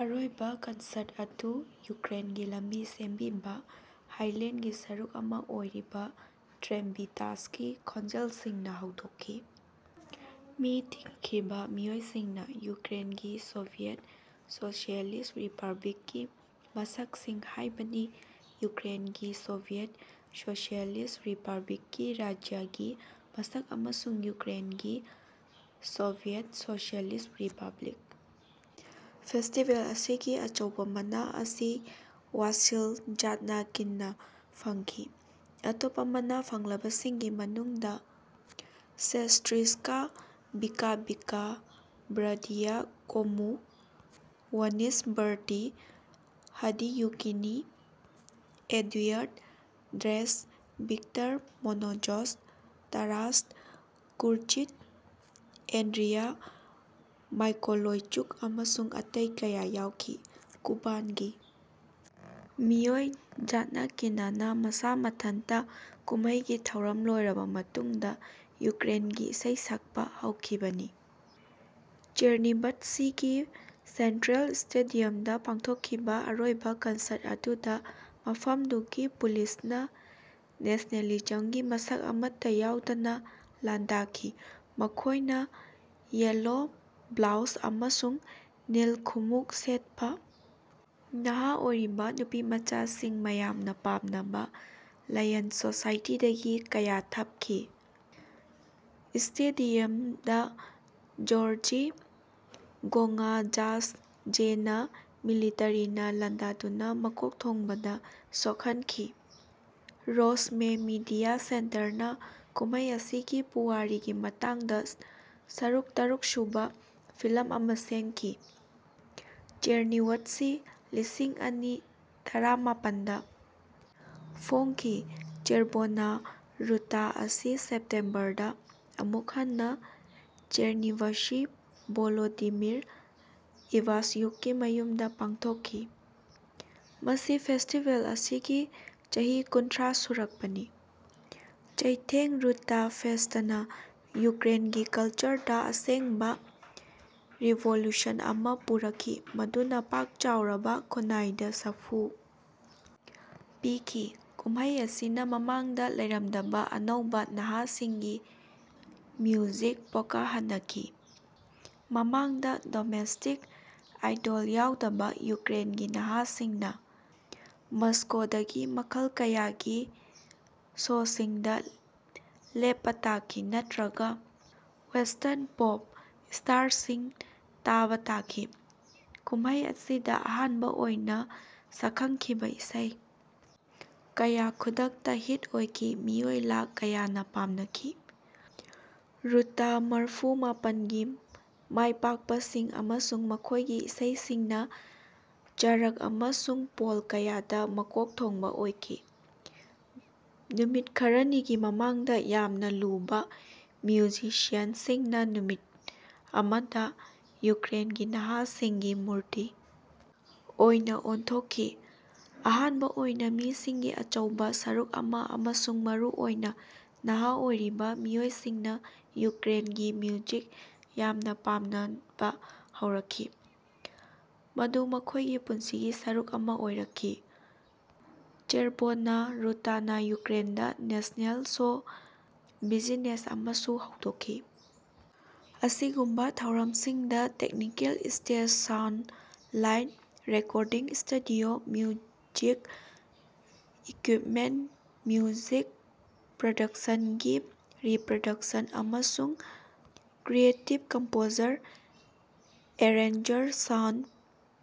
ꯑꯔꯣꯏꯕꯥ ꯀꯟꯁꯔꯠ ꯑꯗꯨ ꯌꯨꯀ꯭ꯔꯦꯟꯒꯤ ꯂꯝꯕꯤ ꯁꯦꯝꯕꯤꯕꯥ ꯍꯥꯏꯂꯦꯟꯗꯒꯤ ꯁꯔꯨꯛ ꯑꯃꯥ ꯑꯣꯏꯔꯤꯕꯥ ꯇ꯭ꯔꯦꯝꯕꯤꯇꯥꯁꯀꯤ ꯈꯣꯟꯖꯦꯜꯁꯤꯡꯅꯥ ꯍꯧꯗꯣꯛꯈꯤ꯫ ꯃꯤ ꯇꯤꯟꯈꯤꯕꯥ ꯃꯤꯑꯣꯏꯁꯤꯡꯅꯥ ꯌꯨꯀ꯭ꯔꯦꯟꯒꯤ ꯁꯣꯚꯤꯌꯦꯠ ꯁꯣꯁꯤꯌꯦꯂꯤꯁꯠ ꯔꯤꯄ꯭ꯂꯕꯤꯛꯀꯤ ꯃꯁꯛꯁꯤꯡ ꯍꯥꯏꯕꯗꯤ ꯌꯨꯀ꯭ꯔꯦꯟꯒꯤ ꯁꯣꯚꯤꯌꯦꯠ ꯁꯣꯁꯤꯌꯦꯂꯤꯁꯠ ꯔꯤꯄ꯭ꯂꯕꯤꯛꯀꯤ ꯔꯥꯖ꯭ꯌꯒꯤ ꯃꯁꯛ ꯑꯃꯁꯨꯡ ꯌꯨꯀ꯭ꯔꯦꯟꯒꯤ ꯁꯣꯚꯤꯌꯦꯠ ꯁꯣꯁꯤꯌꯦꯂꯤꯁꯠ ꯔꯤꯄ꯭ꯂꯕꯤꯛ ꯐꯦꯁ꯭ꯇꯤꯕꯦꯜ ꯑꯁꯤꯒꯤ ꯑꯆꯧꯕꯥ ꯃꯅꯥ ꯑꯁꯤ ꯋꯥꯁꯤꯜ ꯓꯥꯗꯅꯀꯤꯟꯅꯥ ꯐꯪꯈꯤ ꯑꯇꯣꯞꯄꯥ ꯃꯅꯥ ꯐꯪꯂꯕꯁꯤꯡꯒꯤ ꯃꯅꯨꯡꯗꯥ ꯁꯦꯁ꯭ꯠꯔꯤꯆꯀꯥ ꯚꯤꯀꯥ ꯚꯤꯀꯥ ꯕ꯭ꯔꯗꯤꯌ Komu Vnyz Braty Hadiukiny Eduard Drach Viktor Morozov Taras Kurchyk Andriy Mykolaichuk ꯑꯃꯁꯨꯡ ꯑꯇꯩ ꯀꯌꯥ ꯌꯥꯎꯈꯤ꯫ ꯀꯨꯕꯥꯟꯒꯤ ꯃꯤꯑꯣꯏ ꯓꯥꯗꯅꯀꯤꯅꯅꯥ ꯃꯁꯥ ꯃꯊꯟꯇꯥ ꯀꯨꯝꯃꯩꯒꯤ ꯊꯧꯔꯝ ꯂꯣꯏꯔꯕꯥ ꯃꯇꯨꯡꯗꯥ ꯌꯨꯀ꯭ꯔꯦꯟꯒꯤ ꯏꯁꯩ ꯁꯛꯄꯥ ꯍꯧꯈꯤꯕꯅꯤ꯫ ꯆꯦꯔꯅꯤꯚꯠꯁꯤꯒꯤ ꯁꯦꯟꯇ꯭ꯔꯦꯜ ꯁ꯭ꯇꯦꯗꯤꯌꯝꯗꯥ ꯄꯥꯡꯊꯣꯛꯈꯤꯕꯥ ꯑꯔꯣꯏꯕꯥ ꯀꯟꯁꯔꯠ ꯑꯗꯨꯗꯥ ꯃꯐꯝꯗꯨꯒꯤ ꯄꯨꯂꯤꯁꯅꯥ ꯅꯦꯁ꯭ꯅꯦꯂꯤꯖꯝꯒꯤ ꯃꯁꯛ ꯑꯃꯠꯇꯥ ꯌꯥꯎꯗꯅꯥ ꯂꯥꯟꯗꯥꯈꯤ ꯃꯈꯣꯏꯅꯥ ꯌꯦꯜꯂꯣ ꯕ꯭ꯂꯣꯎꯖ ꯑꯃꯁꯨꯡ ꯅꯤꯜ ꯈꯣꯡꯎꯞ ꯁꯦꯠꯄꯥ ꯅꯍꯥ ꯑꯣꯏꯔꯤꯕꯥ ꯅꯨꯄꯤꯃꯆꯥꯁꯤꯡ ꯃꯌꯥꯝꯅꯥ ꯄꯥꯝꯅꯕꯥ ꯂꯥꯌꯟ ꯁꯣꯁꯥꯏꯇꯤꯗꯒꯤ ꯀꯌꯥ ꯊꯞꯈꯤ꯫ ꯁ꯭ꯇꯦꯗꯤꯌꯝꯗꯥ ꯖꯣꯔꯖꯤ ꯒꯣꯉ꯭ꯒꯥꯖ꯭ꯖꯦꯅꯥ ꯃꯤꯂꯤꯇꯔꯤꯅꯥ ꯂꯥꯟꯗꯥꯗꯨꯅꯥ ꯃꯀꯣꯛꯊꯣꯡꯕꯗꯥ ꯁꯣꯛꯍꯟꯈꯤ꯫ ꯔꯣꯁꯃꯦ ꯃꯤꯗꯤꯌꯥ ꯁꯦꯟꯇꯔꯅꯥ ꯀꯨꯝꯃꯩ ꯑꯁꯤꯒꯤ ꯄꯨꯋꯥꯔꯤꯒꯤ ꯃꯇꯥꯡꯗꯥ ꯁꯔꯨꯛ ꯇꯔꯨꯛ ꯁꯨꯕꯥ ꯐꯤꯂꯝ ꯑꯃꯥ ꯁꯦꯝꯈꯤ꯫ ꯆꯦꯔꯅꯤꯚꯠꯁꯤ ꯂꯤꯁꯤꯡ ꯑꯅꯤ ꯇꯔꯥꯃꯥꯄꯟꯗꯥ ꯐꯣꯡꯈꯤ ꯆꯦꯔꯚꯣꯅꯥ ꯔꯨꯇꯥ ꯑꯁꯤ ꯁꯦꯞꯇꯦꯝꯕꯔ ꯗꯥ ꯑꯃꯨꯛ ꯍꯟꯅꯥ ꯆꯦꯔꯅꯤꯚꯁꯤ ꯚꯣꯂꯣꯗꯤꯃꯤꯔ ꯏꯚꯥꯁ꯭ꯌꯨꯛꯀꯤ ꯃꯌꯨꯝꯗꯥ ꯄꯥꯡꯊꯣꯛꯈꯤ꯫ ꯃꯁꯤ ꯐꯦꯁ꯭ꯇꯤꯕꯦꯜ ꯑꯁꯤꯒꯤ ꯆꯍꯤ ꯀꯨꯟꯊ꯭ꯔꯥ ꯁꯨꯔꯛꯄꯅꯤ꯫ ꯆꯩꯊꯦꯡ ꯔꯨꯇꯥ ꯐꯦꯁ꯭ꯇꯅꯥ ꯌꯨꯀ꯭ꯔꯦꯟꯒꯤ ꯀꯜꯆꯔꯗꯥ ꯑꯁꯦꯡꯕꯥ ꯔꯤꯚꯣꯂꯨꯁꯟ ꯑꯃꯥ ꯄꯨꯔꯛꯈꯤ ꯃꯗꯨꯅꯥ ꯄꯥꯛ ꯆꯥꯎꯔꯕꯥ ꯈꯨꯟꯅꯥꯏꯗꯥ ꯁꯥꯐꯨ ꯄꯤꯈꯤ꯫ ꯀꯨꯝꯃꯩ ꯑꯁꯤꯅꯥ ꯃꯃꯥꯡꯗꯥ ꯂꯩꯔꯝꯗꯕꯥ ꯑꯅꯧꯕꯥ ꯅꯍꯥꯁꯤꯡꯒꯤ ꯃ꯭ꯌꯨꯖꯤꯛ ꯄꯣꯀꯍꯅꯈꯤ꯫ ꯃꯃꯥꯡꯗꯥ ꯗꯣꯃꯦꯁ꯭ꯇꯤꯛ ꯑꯥꯏꯗꯣꯜ ꯌꯥꯎꯗꯕꯥ ꯌꯨꯀ꯭ꯔꯦꯟꯒꯤ ꯅꯍꯥꯁꯤꯡꯅꯥ ꯃꯁ꯭ꯀꯣꯗꯒꯤ ꯃꯈꯜ ꯀꯌꯥꯒꯤ ꯁꯣꯁꯤꯡꯗꯥ ꯂꯦꯞꯄꯥ ꯇꯥꯈꯤ ꯅꯠꯇ꯭ꯔꯒꯥ ꯋꯦꯁ꯭ꯇꯔꯟ ꯄꯣꯞ ꯁ꯭ꯇꯥꯔꯁꯤꯡ ꯇꯥꯕꯥ ꯇꯥꯈꯤ꯫ ꯀꯨꯝꯃꯩ ꯑꯁꯤꯗꯥ ꯑꯍꯥꯟꯕꯥ ꯑꯣꯏꯅꯥ ꯁꯛꯈꯪꯈꯤꯕꯥ ꯏꯁꯩ ꯀꯌꯥ ꯈꯨꯗꯛꯇꯥ ꯍꯤꯠ ꯑꯣꯏꯈꯤ ꯃꯤꯑꯣꯏ ꯂꯥꯈ ꯀꯌꯥꯅꯥ ꯄꯥꯝꯅꯈꯤ꯫ ꯔꯨꯇꯥ ꯃꯔꯐꯨ ꯃꯥꯄꯟꯒꯤ ꯃꯥꯏꯄꯥꯛꯄꯁꯤꯡ ꯑꯃꯁꯨꯡ ꯃꯈꯣꯏꯒꯤ ꯏꯁꯩꯁꯤꯡꯅꯥ ꯆꯥꯔꯠ ꯑꯃꯁꯨꯡ ꯄꯣꯜ ꯀꯌꯥꯗꯥ ꯃꯀꯣꯛ ꯊꯣꯡꯕꯥ ꯑꯣꯏꯈꯤ꯫ ꯅꯨꯃꯤꯠ ꯈꯔꯅꯤꯒꯤ ꯃꯃꯥꯡꯗꯥ ꯌꯥꯝꯅꯥ ꯂꯨꯕꯥ ꯃ꯭ꯌꯨꯖꯤꯁꯤꯌꯥꯟꯁꯤꯡꯅꯥ ꯅꯨꯃꯤꯠ ꯑꯃꯗꯥ ꯌꯨꯀ꯭ꯔꯦꯟꯒꯤ ꯅꯍꯥꯁꯤꯡꯒꯤ ꯃꯨꯔꯇꯤ ꯑꯣꯏꯅꯥ ꯑꯣꯟꯊꯣꯛꯈꯤ꯫ ꯑꯍꯥꯟꯕꯥ ꯑꯣꯏꯅꯥ ꯃꯤꯁꯤꯡꯒꯤ ꯑꯆꯧꯕꯥ ꯁꯔꯨꯛ ꯑꯃꯥ ꯑꯃꯁꯨꯡ ꯃꯔꯨ ꯑꯣꯏꯅꯥ ꯅꯍꯥ ꯑꯣꯏꯔꯤꯕꯥ ꯃꯤꯑꯣꯏꯁꯤꯡꯅꯥ ꯌꯨꯀ꯭ꯔꯦꯟꯒꯤ ꯃ꯭ꯌꯨꯖꯤꯛ ꯌꯥꯝꯅꯥ ꯄꯥꯝꯅꯕꯥ ꯍꯧꯔꯛꯈꯤ ꯃꯗꯨ ꯃꯈꯣꯏꯒꯤ ꯄꯨꯟꯁꯤꯒꯤ ꯁꯔꯨꯛ ꯑꯃꯥ ꯑꯣꯏꯔꯛꯈꯤ꯫ ꯆꯦꯔꯚꯣꯅꯥ ꯔꯨꯇꯥꯅꯥ ꯌꯨꯀ꯭ꯔꯦꯟꯗꯥ ꯅꯦꯁ꯭ꯅꯦꯜ ꯁꯣ ꯕꯤꯖꯤꯅꯦꯁ ꯑꯃꯁꯨ ꯍꯧꯗꯣꯛꯈꯤ꯫ ꯑꯁꯤꯒꯨꯝꯕꯥ ꯊꯧꯔꯝꯁꯤꯡꯗꯥ technical stage sound light recording studio music equipment music ꯄ꯭ꯔꯣꯗꯛꯁꯟꯒꯤ ꯔꯤꯄ꯭ꯔꯗꯛꯁꯟ ꯑꯃꯁꯨꯡ creative composer arranger sound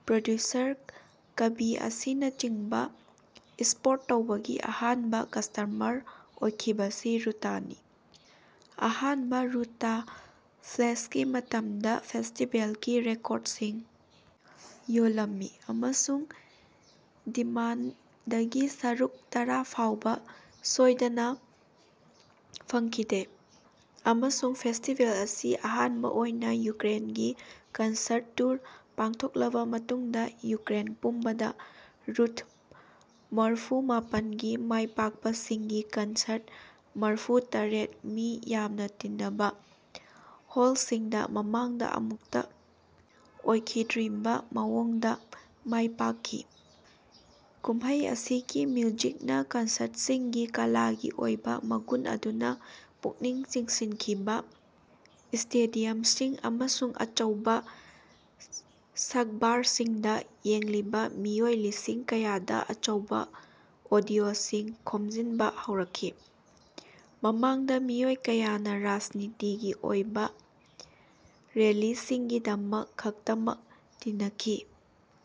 producer ꯀꯕꯤ ꯑꯁꯤꯅꯆꯤꯡꯕꯥ ꯁꯄꯣꯔꯠ ꯇꯧꯕꯒꯤ ꯑꯍꯥꯟꯕꯥ ꯀꯁ꯭ꯇꯃꯔ ꯑꯣꯏꯈꯤꯕꯁꯤ ꯔꯨꯇꯥꯅꯤ꯫ ꯑꯍꯥꯟꯕꯥ ꯔꯨꯇꯥ ꯐꯦꯁ꯭ꯠꯀꯤ ꯃꯇꯝꯗꯥ ꯐꯦꯁ꯭ꯇꯤꯕꯦꯜꯒꯤ ꯔꯦꯀꯣꯔꯗꯁꯤꯡ ꯌꯣꯜꯂꯝꯃꯤ ꯑꯃꯁꯨꯡ ꯗꯤꯃꯥꯟꯗꯒꯤ ꯁꯔꯨꯛ ꯇꯔꯥ ꯐꯥꯎꯕꯥ ꯁꯣꯏꯗꯅꯥ ꯐꯪꯈꯤꯗꯦ꯫ ꯑꯃꯁꯨꯡ ꯐꯦꯁ꯭ꯇꯤꯕꯦꯜ ꯑꯁꯤ ꯑꯍꯥꯟꯕꯥ ꯑꯣꯏꯅꯥ ꯌꯨꯀ꯭ꯔꯦꯟꯒꯤ ꯀꯟꯁꯔꯠ ꯇꯨꯔ ꯄꯥꯡꯊꯣꯛꯂꯕꯥ ꯃꯇꯨꯡꯗꯥ ꯌꯨꯀ꯭ꯔꯦꯟ ꯄꯨꯝꯕꯗꯥ ꯔꯨꯊ ꯃꯔꯐꯨ ꯃꯥꯄꯟꯒꯤ ꯃꯥꯏꯄꯥꯛꯄꯁꯤꯡꯒꯤ ꯀꯟꯁꯔꯠ ꯃꯔꯐꯨ ꯇꯔꯦꯠ ꯃꯤ ꯌꯥꯝꯅꯥ ꯇꯤꯅꯕꯥ ꯍꯣꯜꯁꯤꯡꯗꯥ ꯃꯃꯥꯡꯗꯥ ꯑꯃꯨꯛꯇꯥ ꯑꯣꯏꯈꯤꯗ꯭ꯔꯤꯕꯥ ꯃꯑꯣꯡꯗꯥ ꯃꯥꯏꯄꯥꯛꯈꯤ꯫ ꯀꯨꯝꯃꯩ ꯑꯁꯤꯒꯤ ꯃ꯭ꯌꯨꯖꯤꯛꯅꯥ ꯀꯟꯁꯔꯠꯁꯤꯡꯒꯤ ꯀꯂꯥꯒꯤ ꯑꯣꯏꯕꯥ ꯃꯒꯨꯟ ꯑꯗꯨꯅꯥ ꯄꯨꯛꯅꯤꯡ ꯆꯤꯡꯁꯤꯟꯈꯤꯕꯥ ꯁ꯭ꯇꯦꯗꯤꯌꯝꯁꯤꯡ ꯑꯃꯁꯨꯡ ꯑꯆꯧꯕꯥ ꯁꯛꯕꯥꯔꯁꯤꯡꯗꯥ ꯌꯦꯡꯂꯤꯕꯥ ꯃꯤꯑꯣꯏ ꯂꯤꯁꯤꯡ ꯀꯌꯥꯗꯥ ꯑꯆꯧꯕꯥ ꯑꯣꯗꯤꯑꯣꯁꯤꯡ ꯈꯣꯝꯖꯤꯟꯕꯥ ꯍꯧꯔꯛꯈꯤ ꯃꯃꯥꯡꯗꯥ ꯃꯤꯑꯣꯏ ꯀꯌꯥꯅꯥ ꯔꯥꯖꯅꯤꯇꯤꯒꯤ ꯑꯣꯏꯕꯥ ꯔꯦꯂꯤꯁꯤꯡꯒꯤꯗꯃꯛ ꯈꯛꯇꯃꯛ ꯇꯤꯅꯈꯤ꯫